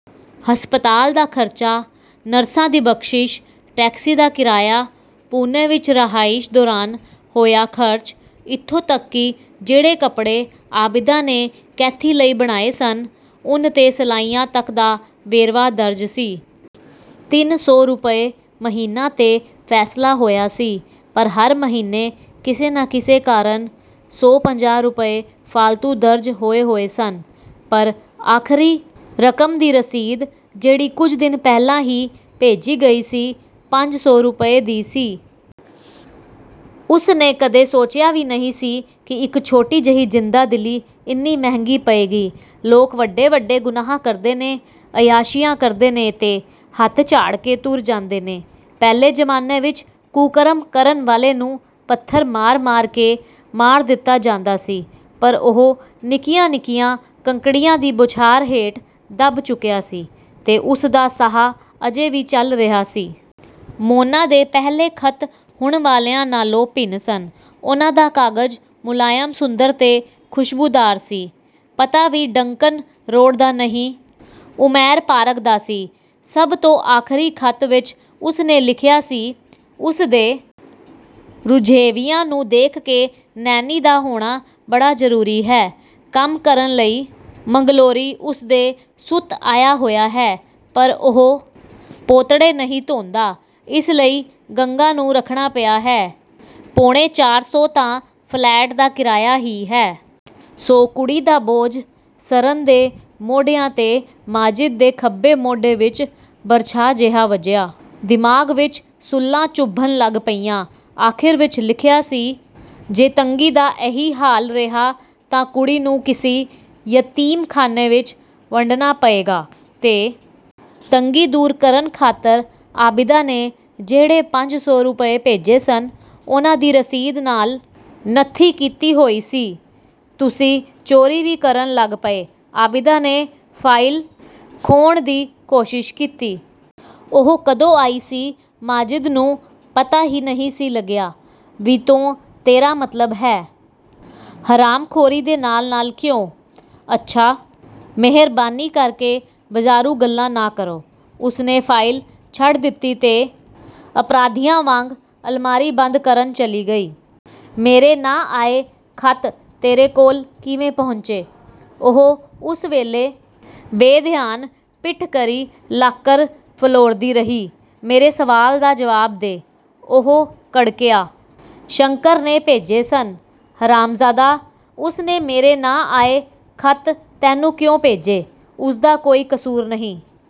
ਹਸਪਤਾਲ ਦਾ ਖਰਚਾ, ਨਰਸਾਂ ਦੀ ਬਖ਼ਸ਼ੀਸ਼, ਟੈਕਸੀ ਦਾ ਕਿਰਾਇਆ, ਪੂਨੇ ਵਿੱਚ ਰਹਾਇਸ਼ ਦੌਰਾਨ ਹੋਇਆ ਖਰਚ, ਇੱਥੋਂ ਤੱਕ ਕਿ ਜਿਹੜੇ ਕੱਪੜੇ ਆਬਿਦਾ ਨੇ ਕੈਥੀ ਲਈ ਬਣਾਏ ਸਨ, ਉੱਨ ਤੇ ਸਲਾਈਆਂ ਤੱਕ ਦਾ ਵੇਰਵਾ ਦਰਜ ਸੀ। ਤਿੰਨ ਸੌ ਰੁਪਏ ਮਹੀਨਾ 'ਤੇ ਫੈਸਲਾ ਹੋਇਆ ਸੀ, ਪਰ ਹਰ ਮਹੀਨੇ ਕਿਸੇ ਨਾ ਕਿਸੇ ਕਾਰਨ ਸੌ-ਪੰਜਾਹ ਰੁਪਏ ਫਾਲਤੂ ਦਰਜ ਹੋਏ-ਹੋਏ ਸਨ। ਪਰ ਆਖਰੀ ਰਕਮ ਦੀ ਰਸੀਦ, ਜਿਹੜੀ ਕੁਝ ਦਿਨ ਪਹਿਲਾਂ ਹੀ ਭੇਜੀ ਗਈ ਸੀ, ਪੰਜ ਸੌ ਰੁਪਏ ਦੀ ਸੀ। ਉਸਨੇ ਕਦੇ ਸੋਚਿਆ ਵੀ ਨਹੀਂ ਸੀ ਕਿ ਇੱਕ ਛੋਟੀ ਜਿਹੀ ਜ਼ਿੰਦਾਦਿਲੀ, ਇੰਨੀ ਮਹਿੰਗੀ ਪਏਗੀ। ਲੋਕ ਵੱਡੇ-ਵੱਡੇ ਗੁਨਾਹ ਕਰਦੇ ਨੇ, ਅਯਾਸ਼ੀਆਂ ਕਰਦੇ ਨੇ ਤੇ, ਹੱਥ ਝਾੜ ਕੇ ਤੁਰ ਜਾਂਦੇ ਨੇ। ਪਹਿਲੇ ਜ਼ਮਾਨੇ ਵਿੱਚ ਕੁਕਰਮ ਕਰਨ ਵਾਲੇ ਨੂੰ ਪੱਥਰ ਮਾਰ-ਮਾਰ ਕੇ ਮਾਰ ਦਿੱਤਾ ਜਾਂਦਾ ਸੀ, ਪਰ ਉਹ ਨਿੱਕੀਆਂ-ਨਿੱਕੀਆਂ ਕੰਕੜੀਆਂ ਦੀ ਬੌਛਾਰ ਹੇਠ ਦਬ ਚੁੱਕਿਆ ਸੀ ਤੇ ਉਸਦਾ ਸਾਹ ਅਜੇ ਵੀ ਚੱਲ ਰਿਹਾ ਸੀ। ਮੋਨਾ ਦੇ ਪਹਿਲੇ ਖ਼ਤ ਹੁਣ ਵਾਲਿਆਂ ਨਾਲੋਂ ਭਿੰਨ ਸਨ। ਉਹਨਾਂ ਦਾ ਕਾਗਜ਼ ਮੁਲਾਇਮ, ਸੁੰਦਰ ਤੇ ਖੁਸ਼ਬੂਦਾਰ ਸੀ। ਪਤਾ ਵੀ ਡੰਕਨ ਰੋਡ ਦਾ ਨਹੀਂ, ਉਮੈਰ ਪਾਰਕ ਦਾ ਸੀ। ਸਭ ਤੋਂ ਆਖਰੀ ਖ਼ਤ ਵਿੱਚ ਉਸਨੇ ਲਿਖਿਆ ਸੀ।"ਉਸਦੇ ਰੁਝੇਵਿਆਂ ਨੂੰ ਦੇਖ ਕੇ ਨੇਨੀ ਦਾ ਹੋਣਾ ਬੜਾ ਜ਼ਰੂਰੀ ਹੈ। ਕੰਮ ਕਰਨ ਲਈ ਮੰਗਲੋਰੀ ਉਸਦੇ ਸੂਤ ਆਇਆ ਹੋਇਆ ਹੈ, ਪਰ ਉਹ ਪੋਤੜੇ ਨਹੀਂ ਧੋਂਦਾ। ਇਸ ਲਈ ਗੰਗਾ ਨੂੰ ਰੱਖਣਾ ਪਿਆ ਹੈ। ਪੌਣੇ ਚਾਰ ਸੌ ਤਾਂ ਫਲੈਟ ਦਾ ਕਿਰਾਇਆ ਹੀ ਹੈ। ਸੋ ਕੁੜੀ ਦਾ ਬੋਝ ਸਰਨ ਦੇ ਮੋਢਿਆਂ 'ਤੇ" ਮਾਜਿਦ ਦੇ ਖੱਬੇ ਮੋਢੇ ਵਿੱਚ ਬਰਛਾ ਜਿਹਾ ਵੱਜਿਆ। ਦਿਮਾਗ਼ ਵਿੱਚ ਸੂਲਾਂ ਚੁਭਣ ਲੱਗ ਪਈਆਂ। ਆਖਿਰ ਵਿੱਚ ਲਿਖਿਆ ਸੀ। 'ਜੇ ਤੰਗੀ ਦਾ ਇਹੀ ਹਾਲ ਰਿਹਾ ਤਾਂ ਕੁੜੀ ਨੂੰ ਕਿਸੇ ਯਤੀਮਖਾਨੇ ਵਿੱਚ ਛੱਡਨਾ ਪਏਗਾ।'ਤੇ ਤੰਗੀ ਦੂਰ ਕਰਨ ਖਾਤਰ ਆਬਿਦਾ ਨੇ ਜਿਹੜੇ ਪੰਜ ਸੌ ਰੁਪਏ ਭੇਜੇ ਸਨ, ਉਹਨਾਂ ਦੀ ਰਸੀਦ ਨਾਲ ਨੱਥੀ ਕੀਤੀ ਹੋਈ ਸੀ। "ਤੁਸੀਂ ਚੋਰੀ ਵੀ ਕਰਨ ਲੱਗ ਪਏ?" ਆਬਿਦਾ ਨੇ ਫਾਈਲ ਖੋਹਣ ਦੀ ਕੋਸ਼ਿਸ਼ ਕੀਤੀ। ਉਹ ਕਦੋਂ ਆਈ ਸੀ, ਮਾਜਿਦ ਨੂੰ ਪਤਾ ਵੀ ਨਹੀਂ ਸੀ ਲੱਗਿਆ। "'ਵੀ' ਤੋਂ ਤੇਰਾ ਮਤਲਬ ਹੈ, ਹਰਾਮਖੋਰੀ ਦੇ ਨਾਲ-ਨਾਲ, ਕਿਉਂ?" "ਅੱਛਾ, ਮਿਹਰਬਾਨੀ ਕਰਕੇ ਬਾਜ਼ਾਰੂ ਗੱਲਾਂ ਨਾ ਕਰੋ।" ਉਸਨੇ ਫਾਈਲ ਛੱਡ ਦਿੱਤੀ ਤੇ ਅਪਰਾਧੀਆਂ ਵਾਂਗ ਅਲਮਾਰੀ ਬੰਦ ਕਰਨ ਚਲੀ ਗਈ। "ਮੇਰੇ ਨਾਂ ਆਏ ਖ਼ਤ ਤੇਰੇ ਕੋਲ ਕਿਵੇਂ ਪਹੁੰਚੇ?" ਉਹ ਉਸ ਵੱਲੋਂ ਬੇਧਿਆਨ, ਪਿੱਠ ਕਰੀ, ਲਾਕਰ ਫਰੋਲਦੀ ਰਹੀ। "ਮੇਰੇ ਸਵਾਲ ਦਾ ਜਵਾਬ ਦੇ," ਉਹ ਕੜਕਿਆ। "ਸ਼ੰਕਰ ਨੇ ਭੇਜੇ ਸਨ।" "ਹਰਾਮਜ਼ਾਦਾ, ਉਸਨੇ ਮੇਰੇ ਨਾਂ ਆਏ ਖ਼ਤ ਤੈਨੂੰ ਕਿਉਂ ਭੇਜੇ?" "ਉਸਦਾ ਕੋਈ ਕਸੂਰ ਨਹੀਂ।